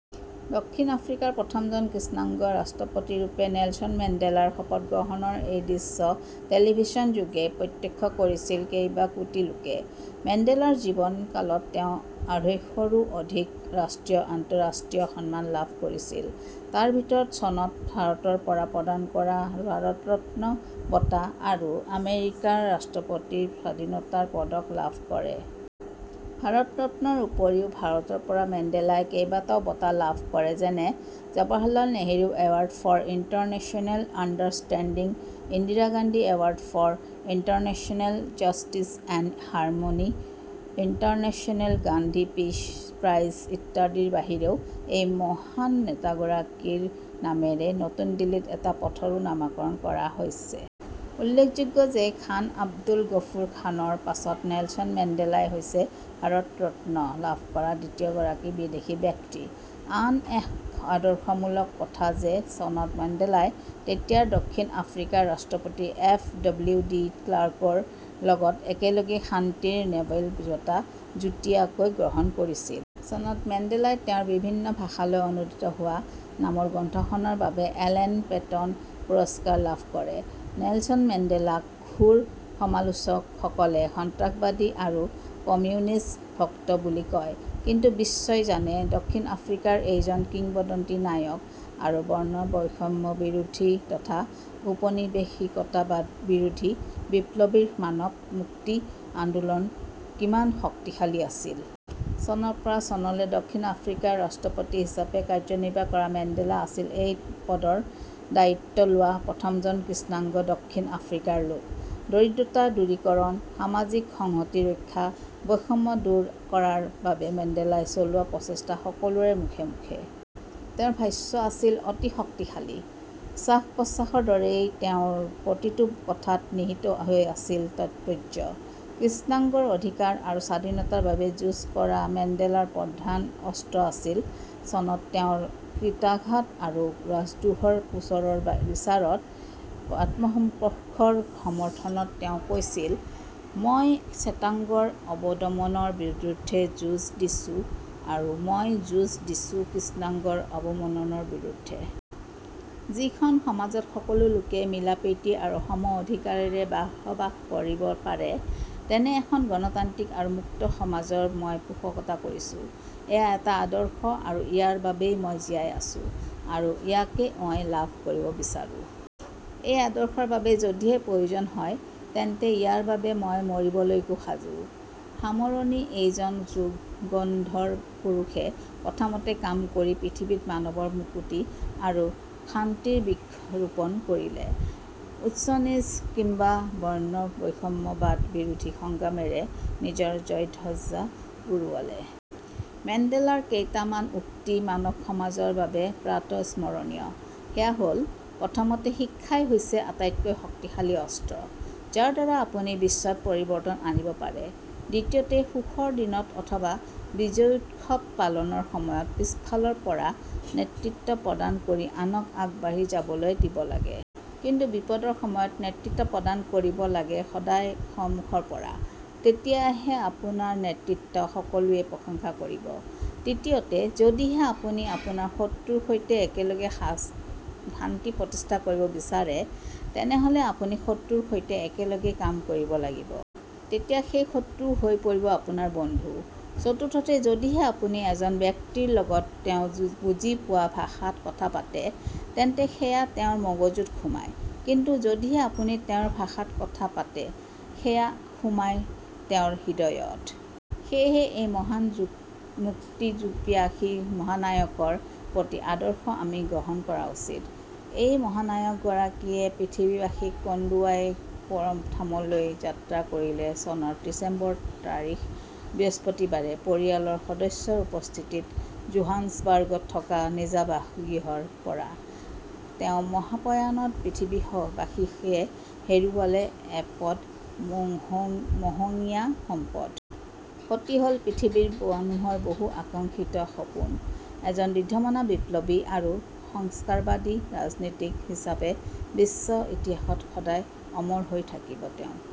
দক্ষিণ আফ্ৰিকাৰ প্ৰথমজন কৃষ্ণাংগ ৰাষ্ট্ৰপতিৰূপে নেলছন মেণ্ডেলাৰ শপতগ্ৰহণৰ এই দৃশ্য টেলিভিছনযোগে প্ৰত্যক্ষ কৰিছিল কেইবাকোটি লোকে। মেণ্ডেলাৰ জীৱন কালত তেওঁ আঢ়ৈশৰো অধিক ৰাষ্ট্ৰীয়-আন্তঃৰাষ্ট্ৰীয় সন্মান লাভ কৰিছিল। তাৰ ভিতৰত চনত ভাৰতৰ পৰা প্ৰদান কৰা 'ভাৰত ৰত্ন' বঁটা আৰু আমেৰিকাৰ ৰাষ্ট্ৰপতিৰ স্বাধীনতাৰ পদক লাভ কৰে। ভাৰত ৰত্ন'ৰ উপৰি ভাৰতৰ পৰা মেণ্ডেলাই কেইবাটাও বঁটা লাভ কৰে যেনে- Jawaharlal Nehru award for international understanding, Indira Gandhi award for international justice and harmony, international Gandhi peace prize ইত্যাদিৰ বাহিৰেও এই মহান নেতাগৰাকীৰ নামেৰে নতুন দিল্লীত এটা পথৰো নামাকৰণ কৰা হৈছে। উল্লেখযোগ্য যে খান আব্দুল গফুৰ খানৰ পাছত নেলছন মেণ্ডেলাই হৈছে 'ভাৰত ৰত্ন' লাভ কৰা দ্বিতীয়গৰাকী বিদেশী ব্যক্তি। আন এক আদৰ্শমূলক কথা যে চনত মেণ্ডেলাই তেতিয়াৰ দক্ষিণ আফ্ৰিকাৰ ৰাষ্ট্ৰপতি এফ ডব্লিউ ডি ক্লাৰ্কৰ লগত একেলগে শান্তিৰ নোবেল বঁটা যুটীয়াকৈ গ্ৰহণ কৰিছিল। চনত মেণ্ডেলাই তেওঁৰ বিভিন্ন ভাষালৈ অনুদিত হোৱা "' নামৰ গ্ৰন্থখনৰ বাবে এলেন পেটন পুৰস্কাৰ লাভ কৰে। নেলছন মেণ্ডেলাক ঘোৰ সমালোচকসকলে সন্ত্ৰাসবাদী আৰু কমিউনিষ্ট ভক্ত বুলি কয়। কিন্তু বিশ্বই জানে দক্ষিণ আফ্ৰিকাৰ এইজন কিংবদন্তি নায়ক আৰু বৰ্ণবৈষম্যবাদবিৰোধী তথা ঔপনিবেশিকতাবাদবিৰোধী বিপ্লৱীৰ মানৱ মুক্তি আন্দোলন কিমান শক্তিশালী আছিল। চনৰ পৰা চনলৈ দক্ষিণ আফ্ৰিকাৰ ৰাষ্ট্ৰপতি হিচাপে কাৰ্যনিৰ্বাহ কৰা মেণ্ডেলা আছিল এই পদৰ দায়িত্ব লোৱা প্ৰথমজন কৃষ্ণাংগ দক্ষিণ আফ্ৰিকাৰ লোক। দৰিদ্ৰতা দূৰীকৰণ, সামাজিক সংহতি ৰক্ষা, বৈষম্য দূৰ কৰাৰ বাবে মেণ্ডেলাই চলোৱা প্ৰচেষ্টা সকলোৰে মুখে মুখে। তেওঁৰ ভাষ্য আছিল অতি শক্তিশালী। শ্বাস-প্ৰশ্বাসৰ দৰেই তেওঁৰ প্ৰতিটো কথাত নিহিত হৈ আছিল তাৎপৰ্য। কৃষ্ণাংগৰ অধিকাৰ আৰু স্বাধীনতাৰ বাবে যুঁজ কৰা মেণ্ডেলাৰ প্ৰধান অস্ত্ৰ আছিল। চনত তেওঁৰ কুটাঘাত আৰু ৰাজদ্ৰোহৰ গোচৰৰ বিচাৰত আত্মপক্ষৰ সমৰ্থনত তেওঁ কৈছিল- 'মই শ্বেতাংগৰ অৱদমনৰ বিৰুদ্ধে যুঁজ দিছোঁ আৰু মই যুঁজ দিছোঁ কৃষ্ণাংগৰ অৱনমনৰ বিৰুদ্ধে। যিখন সমাজত সকলো লোকে মিলাপ্ৰীতি আৰু সম অধিকাৰেৰে বসবাস কৰিব পাৰে। তেনে এখন গণতান্ত্ৰিক আৰু মুক্ত সমাজৰ মই পোষকতা কৰিছোঁ। এয়া এটা আদৰ্শ আৰু ইয়াৰ বাবেই মই জীয়াই আছোঁ আৰু ইয়াকে মই লাভ কৰিব বিচাৰোঁ। এই আদৰ্শৰ বাবে যদিহে প্ৰয়োজন হয়, তেন্তে ইয়াৰ বাবে মই মৰিবলৈকো সাজু। সামৰণি এইজন যুগন্ধৰ পুৰুষে কথামতে কাম কৰি পৃথিৱীত মানৱৰ মুকতি আৰু শান্তিৰ বৃক্ষ ৰোপণ কৰিলে। উচ্চ-নীচ কিম্বা বৰ্ণবৈষম্যবাদ বিৰোধী সংগ্ৰামেৰে নিজৰ জয়ধ্বজা উৰুৱালে। মেণ্ডেলাৰ কেইটামান উক্তি মানৱ সমাজৰ বাবে প্ৰাতঃস্মৰণীয়, সেয়া হ'ল- প্ৰথমতে, "শিক্ষাই হৈছে আটাইতকৈ শক্তিশালী অস্ত্ৰ, যাৰ দ্বাৰা আপুনি বিশ্বত পৰিৱৰ্তন আনিব পাৰে। ' দ্বিতীয়তে, সুখৰ দিনত অথবা বিজয়োৎসৱ পালনৰ সময়ত পিচফালৰ পৰা নেতৃত্ব প্ৰদান কৰি আনক আগবাঢ়ি যাবলৈ দিব লাগে। কিন্তু বিপদৰ সময়ত নেতৃত্ব প্ৰদান কৰিব লাগে সদায় সন্মুখৰ পৰা। তেতিয়াহে আপোনাৰ নেতৃত্বত সকলোৱে প্ৰশংসা কৰিব। ' তৃতীয়তে, 'যদিহে আপুনি আপোনাৰ শত্ৰুৰ সৈতে একেলগে শান্তি প্ৰতিষ্ঠা কৰিব বিচাৰে, তেনেহ'লে আপুনি শত্ৰুৰ সৈতে একেলগে কাম কৰিব লাগিব। তেতিয়া সেই শত্ৰুও হৈ পৰিব আপোনাৰ বন্ধু। ' চতুৰ্থতে, 'যদিহে আপুনি এজন ব্যক্তিৰ লগত তেওঁ বুজি পোৱা ভাষাত কথা পাতে, তেন্তে সেয়া তেওঁৰ মগজুত সোমায়। কিন্তু যদিহে আপুনি তেওঁৰ ভাষাত কথা পাতে সেয়া সোমায় তেওঁৰ হৃদয়ত। ' সেয়েহে এই মহান মুক্তিপিয়াসী মহানায়কৰ প্ৰতি আদৰ্শ আমি গ্ৰহণ কৰা উচিত। এই মহানায়কগৰাকীয়ে পৃথিৱীবাসীক কন্দুৱাই পৰধামলৈ যাত্ৰা কৰিলে চনৰ ডিচেম্বৰ তাৰিখ বৃহস্পতিবাৰে পৰিয়ালৰ সদস্যৰ উপস্থিতিত জোহান্সবাৰ্গত থকা নিজা বাসগৃহৰ পৰা। তেওঁ মহাপ্ৰয়াণত পৃথিৱীবাসীয়ে হেৰুৱালে এপদ মহঙীয়া সম্পদ। ক্ষতি হ'ল পৃথিৱীৰ মানুহৰ বহু আকাংক্ষিত সপোন। এজন দৃঢ়মনা বিপ্লৱী আৰু সংস্কাৰবাদী ৰাজনীতিক হিচাপে বিশ্ব ইতিহাসত সদায় অমৰ হৈ থাকিব তেওঁ।